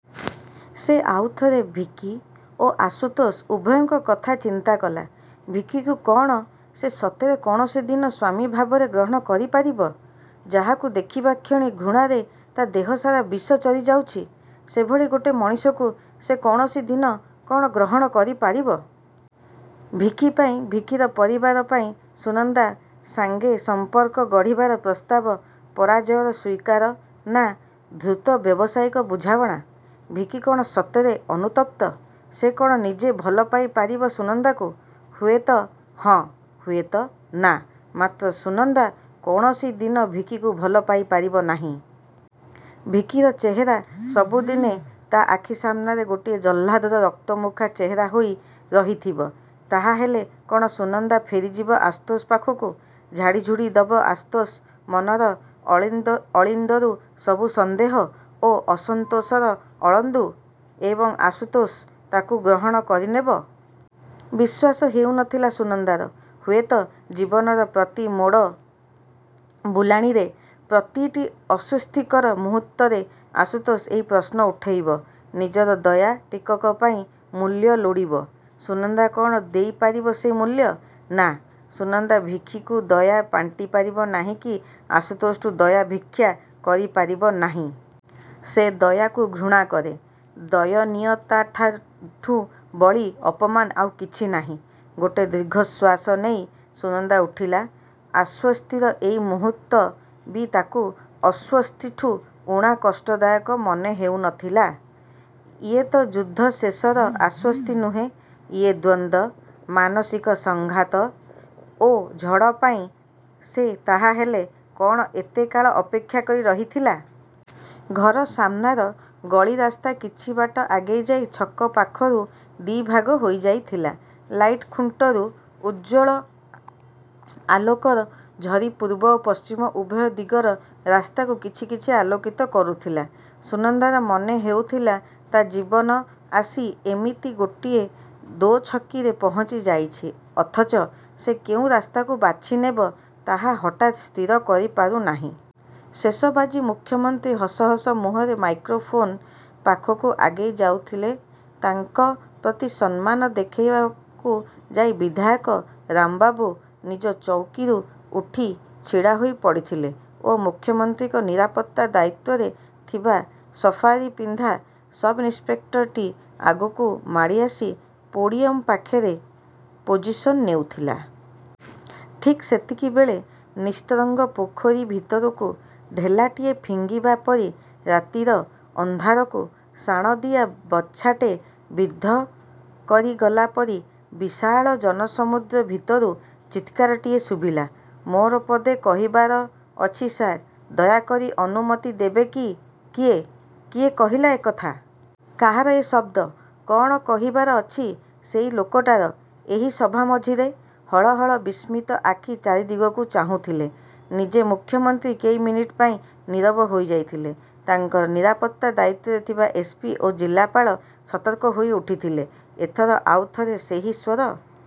ସେ ଆଉଥରେ ଭିକି ଓ ଆଶୁତୋଷ ଉଭୟଙ୍କ କଥା ଚିନ୍ତା କଲା। ଭିକିକୁ କଣ ସେ ସତରେ କୌଣସି ଦିନ ସ୍ୱାମୀ ଭାବରେ ଗ୍ରହଣ କରିପାରିବ? ଯାହାକୁ ଦେଖିବା କ୍ଷଣି ଘୃଣାରେ ତା ଦେହସାରା ବିଷ ଚରିଯାଉଛି, ସେଭଳି ଗୋଟେ ମଣିଷକୁ ସେ କୌଣସି ଦିନ କଣ ଗ୍ରହଣ କରିପାରିବ? ଭିକି ପାଇଁ, ଭିକିର ପରିବାର ପାଇଁ ସୁନନ୍ଦା ସାଙ୍ଗେ ସଂପର୍କ ଗଢ଼ିବାର ପ୍ରସ୍ତାବ ପରାଜୟର ସ୍ୱୀକାର ନା ଧୂର୍ତ୍ତ ବ୍ୟବସାୟିକ ବୁଝାମଣା! ଭିକି କଣ ସତରେ ଅନୁତପ୍ତ? ସେ କଣ ନିଜେ ଭଲପାଇ ପାରିବ ସୁନନ୍ଦାକୁ? ହୁଏତ ହଁ, ହୁଏତ ନା। ମାତ୍ର ସୁନନ୍ଦା କୌଣସି ଦିନ ଭିକିକୁ ଭଲପାଇପାରିବ ନାହିଁ। ଭିକିର ଚେହେରା ସବୁଦିନେ ତା ଆଖି ସାମ୍ନାରେ ଗୋଟେ ଜହ୍ଲାଦର ରକ୍ତମୁଖା ଚେହେରା ହୋଇ ରହିଥିବ। ତାହାହେଲେ କଣ ସୁନନ୍ଦା ଫେରିଯିବ ଆଶୁତୋଷ ପାଖକୁ? ଝାଡ଼ିଝୁଡ଼ି ଦେବ ଆଶୁତୋଷ ମନର ଅଳିନ୍ଦରୁ ସବୁ ସନ୍ଦେହ ଓ ଅସନ୍ତୋଷର ଅଳନ୍ଧୁ ଏବଂ ଆଶୁତୋଷ ତାକୁ ଗ୍ରହଣ କରିନେବ? ବିଶ୍ୱାସ ହେଉ ନଥିଲା ସୁନନ୍ଦାର। ହୁଏତ ଜୀବନର ପ୍ରତି ମୋଡ଼ ବୁଲାଣିରେ, ପ୍ରତିଟି ଅସ୍ୱସ୍ତିକର ମୁହୂର୍ତ୍ତରେ ଆଶୁତୋଷ ଏଇ ପ୍ରଶ୍ନ ଉଠେଇବ, ନିଜର ଦୟା ଟିକକ ପାଇଁ ମୂଲ୍ୟ ଲୋଡ଼ିବ। ସୁନନ୍ଦା କଣ ଦେଇପାରିବ ସେ ମୂଲ୍ୟ? ନା, ସୁନନ୍ଦା ଭିକିକୁ ଦୟା ବାଣ୍ଟିପାରିବ ନାହିଁ କି ଆଶୁତୋଷଠୁ ଦୟା ଭିକ୍ଷା କରିପାରିବ ନାହିଁ। ସେ ଦୟାକୁ ଘୃଣା କରେ, ଦୟନୀୟତାଠୁଁ ବଳି ଅପମାନ ଆଉ କିଛି ନାହିଁ। ଗୋଟେ ଦୀର୍ଘଶ୍ୱାସ ନେଇ ସୁନନ୍ଦା ଉଠିଲା। ଆଶ୍ୱସ୍ତିର ଏଇ ମୁହୂର୍ତ୍ତ ବି ତାକୁ ଅସ୍ୱସ୍ତିଠୁ ଊଣା କଷ୍ଟଦାୟକ ମନେ ହେଉ ନଥିଲା। ଇଏତ ଯୁଦ୍ଧ ଶେଷର ଆଶ୍ୱସ୍ତି ନୁହେଁ। ଏଇ ଦ୍ୱନ୍ଦ୍ୱ, ମାନସିକ ସଂଘାତ ଓ ଝଡ଼ ପାଇଁ ସେ ତାହାହେଲେ କଣ ଏତେ କାଳ ଅପେକ୍ଷା କରି ରହିଥିଲା? ଘର ସାମ୍ନାର ଗଳି ରାସ୍ତା କିଛି ବାଟ ଆଗେଇ ଯାଇ ଛକ ପାଖରୁ ଦି ଭାଗ ହୋଇଯାଇଥିଲା। ଲାଇଟ୍ ଖୁଣ୍ଟରୁ ଉଜ୍ଜ୍ୱଳ ଆଲୋକ ଝରି ପୂର୍ବ ଓ ପଶ୍ଚିମ ଉଭୟ ଦିଗର ରାସ୍ତାକୁ କିଛି କିଛି ଆଲୋକିତ କରୁଥିଲା। ସୁନନ୍ଦାର ମନେ ହେଉଥିଲା ତା ଜୀବନ ଆସି ଏମିତି ଗୋଟେ ଦୋଛକିରେ ପହଞ୍ଚିଯାଇଛି; ଅଥଚ ସେ କୋଉ ରାସ୍ତାକୁ ବାଛିନେବ ତାହା ହଠାତ୍ ସ୍ଥିର କରିପାରୁ ନାହିଁ। ଶେଷ ବାଜି ମୁଖ୍ୟମନ୍ତ୍ରୀ ହସ ହସ ମୁହଁରେ ମାଇକ୍ରୋଫୋନ୍ ପାଖକୁ ଆଗେଇ ଯାଉଥିଲେ। ତାଙ୍କ ପ୍ରତି ସମ୍ମାନ ଦେଖାଇବାକୁ ଯାଇ ବିଧାୟକ ରାମବାବୁ ନିଜ ଚୌକିରୁ ଉଠି ଛିଡ଼ାହୋଇ ପଡ଼ିଥିଲେ ଓ ମୁଖ୍ୟମନ୍ତ୍ରୀଙ୍କ ନିରାପତ୍ତା ଦାୟିତ୍ୱରେ ଥିବା ସଫାରୀ ପିନ୍ଧା ସବ୍ଇନିସ୍ପେକ୍ଟରଟି ଆଗକୁ ମାଡ଼ିଆସି ପୋଡିୟମ୍ ପାଖରେ ପୋଜିସନ୍ ନେଉଥିଲା। ଠିକ୍ ସେତିକିବେଳେ ନିସ୍ତରଙ୍ଗ ପୋଖରୀ ଭିତରକୁ ଢେଲାଟିଏ ଫିଙ୍ଗିବା ପରି, ରାତିର ଅନ୍ଧାରକୁ ଶାଣଦିଆ ବର୍ଚ୍ଛାଟେ ବିଦ୍ଧ କରିଗଲା ପରି, ବିଶାଳ ଜନସମୁଦ୍ର ଭିତରୁ ଚିତ୍କାରଟିଏ ଶୁଭିଲା, "ମୋର ପଦେ କହିବାର ଅଛି ସାର୍! ଦୟାକରି ଅନୁମତି ଦେବେ କି? ": କିଏ? କିଏ କହିଲା ଏ କଥା? କାହାର ଏ ଶବ୍ଦ? କଣ କହିବାର ଅଛି ସେଇ ଲୋକଟାର ଏହି ସଭା ମଝିରେ? ହଳ ହଳ ବିସ୍ମିତ ଆଖି ଚାରିଦିଗକୁ ଚାହୁଁଥିଲେ। ନିଜେ ମୁଖ୍ୟମନ୍ତ୍ରୀ କେଇ ମିନିଟ୍ ପାଇଁ ନିରବ ହୋଇଯାଇଥିଲେ। ତାଙ୍କର ନିରାପତ୍ତା ଦାୟିତ୍ୱରେ ଥିବା ଏସ୍. ପି. ଓ ଜିଲ୍ଲାପାଳ ସତର୍କ ହୋଇ ଉଠିଥିଲେ। ଏଥର ଆଉ ଥରେ ସେହି ସ୍ୱର